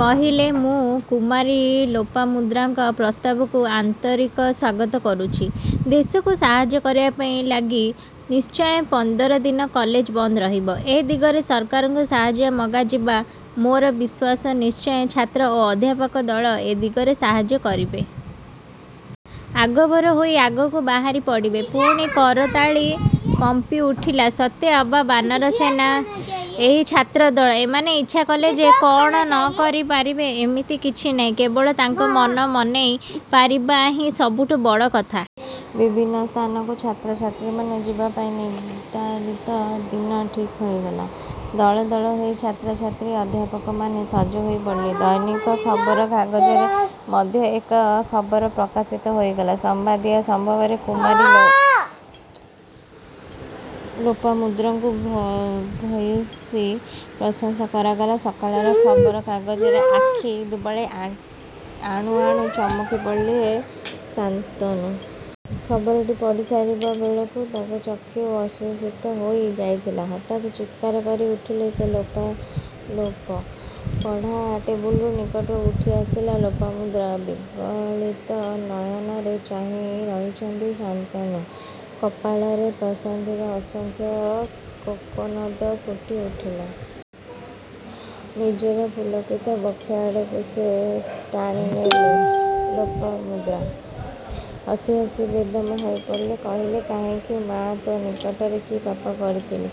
କହିଲେ''ମୁଁ କୁମାରୀ ଲୋପାମୁଦ୍ରାଙ୍କ ପ୍ରସ୍ତାବକୁ ଆନ୍ତରିକ ସ୍ୱାଗତ କରୁଛି। ଦେଶକୁ ସାହାଯ୍ୟ କରିବା ଲାଗି ନିଶ୍ଚୟ ପନ୍ଦର ଦିନ କଲେଜ ବନ୍ଦ ରହିବ। ଏ ଦିଗରେ ସରକାରଙ୍କୁ ସାହାଯ୍ୟ ମଗାଯିବ। ମୋର ବିଶ୍ୱାସ ନିଶ୍ଚୟ ଛାତ୍ର ଓ ଅଧ୍ୟାପକ ଦଳ ଏ ଦିଗରେ ସାହାଯ୍ୟ କରିବେ। ଆଗଭର ହୋଇ ଆଗକୁ ବାହାରି ପଡ଼ିବେ। ପୁଣି କରତାଳି କମ୍ପିଉଠିଲା ସତେ ଅବା ବାନର ସେନା ଏହି ଛାତ୍ର ଦଳ, ଏମାନେ ଇଚ୍ଛା କଲେ ଯେ କ'ଣ ନ କରି ପାରିବେ ଏମିତି କିଛି ନାହିଁ। କେବଳ ତାଙ୍କ ମନ ମନେଇ ପାରିବା ହିଁ ସବୁଠୁ ବଡ଼ କଥା। ବିଭିନ୍ନ ସ୍ଥାନକୁ ଛାତ୍ର ଛାତ୍ରୀମାନେ ଯିବାପାଇଁ ନିର୍ଦ୍ଧାରିତ ଦିନ ଠିକ୍ ହୋଇଗଲା। ଦଳ ଦଳ ହୋଇ ଛାତ୍ର ଛାତ୍ରୀ ଅଧ୍ୟାପକମାନେ ସଜ ହୋଇ ପଡ଼ିଲେ। ଦୈନିକ ଖବରକାଗଜରେ ମଧ୍ୟ ଏ ଖବର ପ୍ରକାଶିତ ହୋଇଗଲା। ସମ୍ପାଦକୀୟ ସ୍ତମ୍ଭରେ କୁମାରୀ ଲୋପାମୁଦ୍ରାଙ୍କୁ ଭୂୟସୀ ପ୍ରଶଂସା କରାଗଲା। ସକାଳର ଖବରକାଗଜଟାରେ ଆଖି ବୁଲାଇ ଆଣୁ ଆଣୁ ଚମକି ପଡ଼ିଲେ ଶାନ୍ତନୁ। ଖବରଟି ପଢ଼ି ସାରିବା ବେଳକୁ ତାଙ୍କ ଚକ୍ଷୁ ଅଶ୍ରୁସିକ୍ତ ହୋଇ ଯାଇଥିଲା। ହଠାତ୍ ଚିତ୍କାର କରି ଉଠିଲେ ସେ ''ଲୋପା ଲୋପ! '' ପଢ଼ା ଟେବୁଲ ନିକଟରୁ ଉଠିଆସିଲା ଲୋପାମୁଦ୍ରା। ବିଗଳିତ ନୟନରେ ଚାହିଁ ରହିଛନ୍ତି ଶାନ୍ତନୁ। କପାଳରେ ପ୍ରଶାସ୍ତିର ଅସଂଖ୍ୟ କୋକନଦ ଫୁଟି ଉଠୁଥିଲା। ନିଜର ପୁଲକିତ ବକ୍ଷ ଆଡ଼କୁ ସେ ଟାଣିନେଲେ ଲୋପାମୁଦ୍ରାକୁ। ହସି ହସି ବେଦମ୍ ହୋଇପଡ଼ି କହିଲେ ''କାହିଁକି ମାଆ ମୁଁ ତୋ ନିକଟରେ କି ପାପ କରିଥିଲି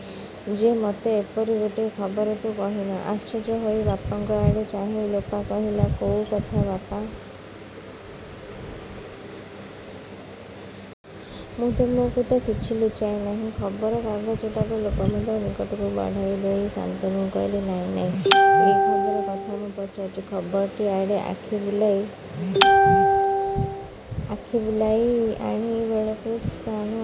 ଯେ, ମୋତେ ଏପରି ଗୋଟିଏ ଖବର ତୁ କହିନାହୁଁ। '' ଆଶ୍ଚର୍ଯ୍ୟ ହୋଇ ବାପାଙ୍କ ଆଡ଼େ ଚାହିଁ ଲୋପା କହିଲା ''କୋଉ କଥା ବାପା! ମୁଁ ତୁମକୁ ତ' କିଛି ଲୁଚାଇ ନାହିଁ? '' ଖବରକାଗଜଟାକୁ ଲୋପାମୁଦ୍ରା ନିକଟକୁ ବଢ଼ାଇ ଦେଇ ଶାନ୍ତନୁ କହିଲେ ''ନାଇଁ ନାଇଁ ଏଇ ଖବର କଥା ମୁଁ ପଚାରୁଛି। '' ଖବରଟି ଆଡ଼େ ଆଖି ବୁଲାଇ ଆଣି କେବଳ ସ୍ଥାଣୁ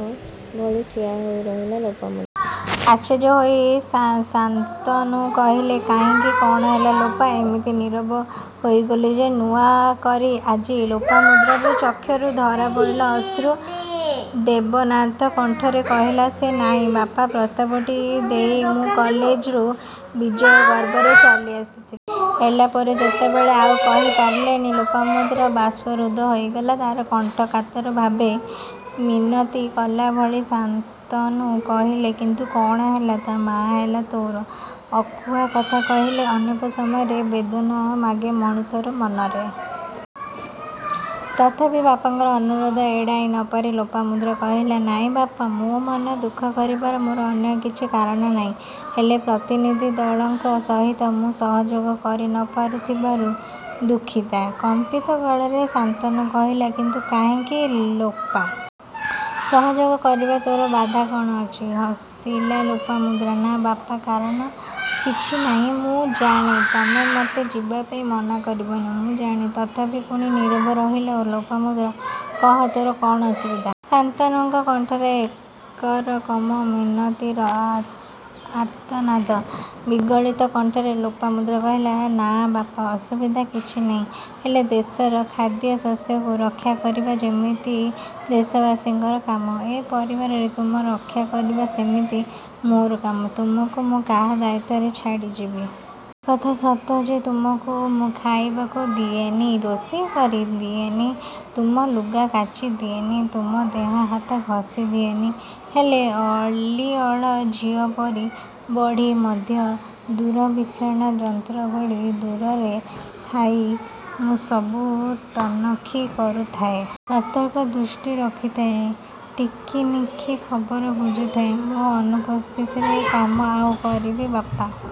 ଭଳି ଠିଆ ହୋଇ ରହିଲା ଲୋପାମୁଦ୍ରା। ଆଶ୍ଚର୍ଯ୍ୟ ହୋଇ ଶାନ୍ତନୁ କହିଲେ ''କାହିଁକି କ'ଣ ହେଲା ଲୋପା! ଏମିତି ନୀରବ ହୋଇଗଲୁ ଯେ? '' ନୂଆ କରି ଆଜି ଲୋପାମୁଦ୍ରାର ଚକ୍ଷୁରୁ ଝରିପଡ଼ିଲା ଅଶ୍ରୁ। ବେଦନାର୍ତ୍ତ କଣ୍ଠରେ କହିଲା ସେ''ନାଇଁ ବାପା! ପ୍ରସ୍ତାବଟି ଦେଇ ମୁଁ କଲେଜରୁ ବିଜୟ ଗର୍ବରେ ଚାଲି ଆସିଥିଲି। ହେଲେ ପରେ ଯେତେବେଳେ'' ଆଉ କହି ପାରିଲାନି ଲୋପାମୁଦ୍ରା। ବାଷ୍ପରୁଦ୍ଧ ହୋଇଗଲା ତା'ର କଣ୍ଠ କାତର ଭାବେ ମିନତି କଲା ଭଳି ଶାନ୍ତନୁ କହିଲେ''କିନ୍ତୁ କ'ଣ ହେଲା ତା' ହେଲେ ତୋର? '' ଅକୁହା କଥା କହିଲେ ଅନେକ ସମୟରେ ବେଦନା ଲାଗେ ମଣିଷ ମନରେ। ତଥାପି ବାପାଙ୍କର ଅନୁରୋଧ ଏଡ଼ାଇ ନ ପାରି ଲୋପାମୁଦ୍ରା କହିଲା ''ନାଇଁ ବାପା, ମନ ଦୁଃଖ କରିବାରେ ମୋର ଅନ୍ୟ କିଛି କାରଣ ନାହିଁ। ହେଲେ ପ୍ରତିନିଧି ଦଳଙ୍କ ସହିତ ମୁଁ ସହଯୋଗ କରି ନ ପାରୁ ଥିବାରୁ ଦୁଃଖିତା। '' କମ୍ପିତ ଗଳାରେ ଶାନ୍ତନୁ କହିଲେ''କିନ୍ତୁ କାହିଁକି କାହିଁକି ଲୋପା! ସହଯୋଗ କରିବାରେ ତୋର ବାଧା କ'ଣ ଅଛି? '' ହସିଲା ଲୋପାମୁଦ୍ରା। ''ନାଁ ବାପା! କାରଣ କିଛି ନାହିଁ ମୁଁ ଜାଣେ। ତୁମେ ମୋତେ ଯିବା ପାଇଁ ମନା କରିବନି ମୁଁ ଜାଣେ। ତଥାପି ''ପୁଣି ନୀରବ ରହିଲା ଲୋପାମୁଦ୍ରା। ''କହ କହ ତୋର କ'ଣ ଅସୁବିଧା। '' ଶାନ୍ତନୁଙ୍କ କଣ୍ଠରେ ଏକରକମ୍ ମିନତିର ଆର୍ତ୍ତନାଦ। ବିଗଳିତ କଣ୍ଠରେ ଲୋପାମୁଦ୍ରା କହିଲା ''ନାଁ ବାପା! ଅସୁବିଧା କିଛିନାହିଁ। ହେଲେ ଦେଶର ଖାଦ୍ୟଶସ୍ୟକୁ ରକ୍ଷା କରିବା ଯେମିତି ଦେଶବାସୀଙ୍କର କାମ, ଏ ପରିବାରରେ ତୁମକୁ ରକ୍ଷା କରିବା ସେମିତି ମୋର କାମ। ତୁମକୁ ମୁଁ କାହ ଦାୟିତ୍ୱରେ ଛାଡ଼ିଯିବି? ଏ କଥା ସତ ଯେ ତୁମକୁ ମୁଁ ଖାଇବାକୁ ଦିଏନି, ରୋଷେଇ କରି ଦିଏନି, ତୁମ ଲୁଗା କାଚି ଦିଏନି, ତୁମ ଦେହ ହାତ ଘଷି ଦିଏନି। ହେଲେ ଅଲିଅଳ ଝିଅପରି ବଢ଼ି ମଧ୍ୟ ଦୂରବୀକ୍ଷଣ ଯନ୍ତ୍ର ଭଳି ଦୂରରେ ଥାଇ ମୁଁ ସବୁ ତନଖି କରୁଥାଏ। ସତର୍କ ଦୃଷ୍ଟି ରଖିଥାଏ। ଟିକିନିଖି ଖବର ବୁଝୁଥାଏ। ମୋ ଅନୁପସ୍ଥିତିରେ ଏ କାମ ଆଉ କିଏ କରିବ ବାପା!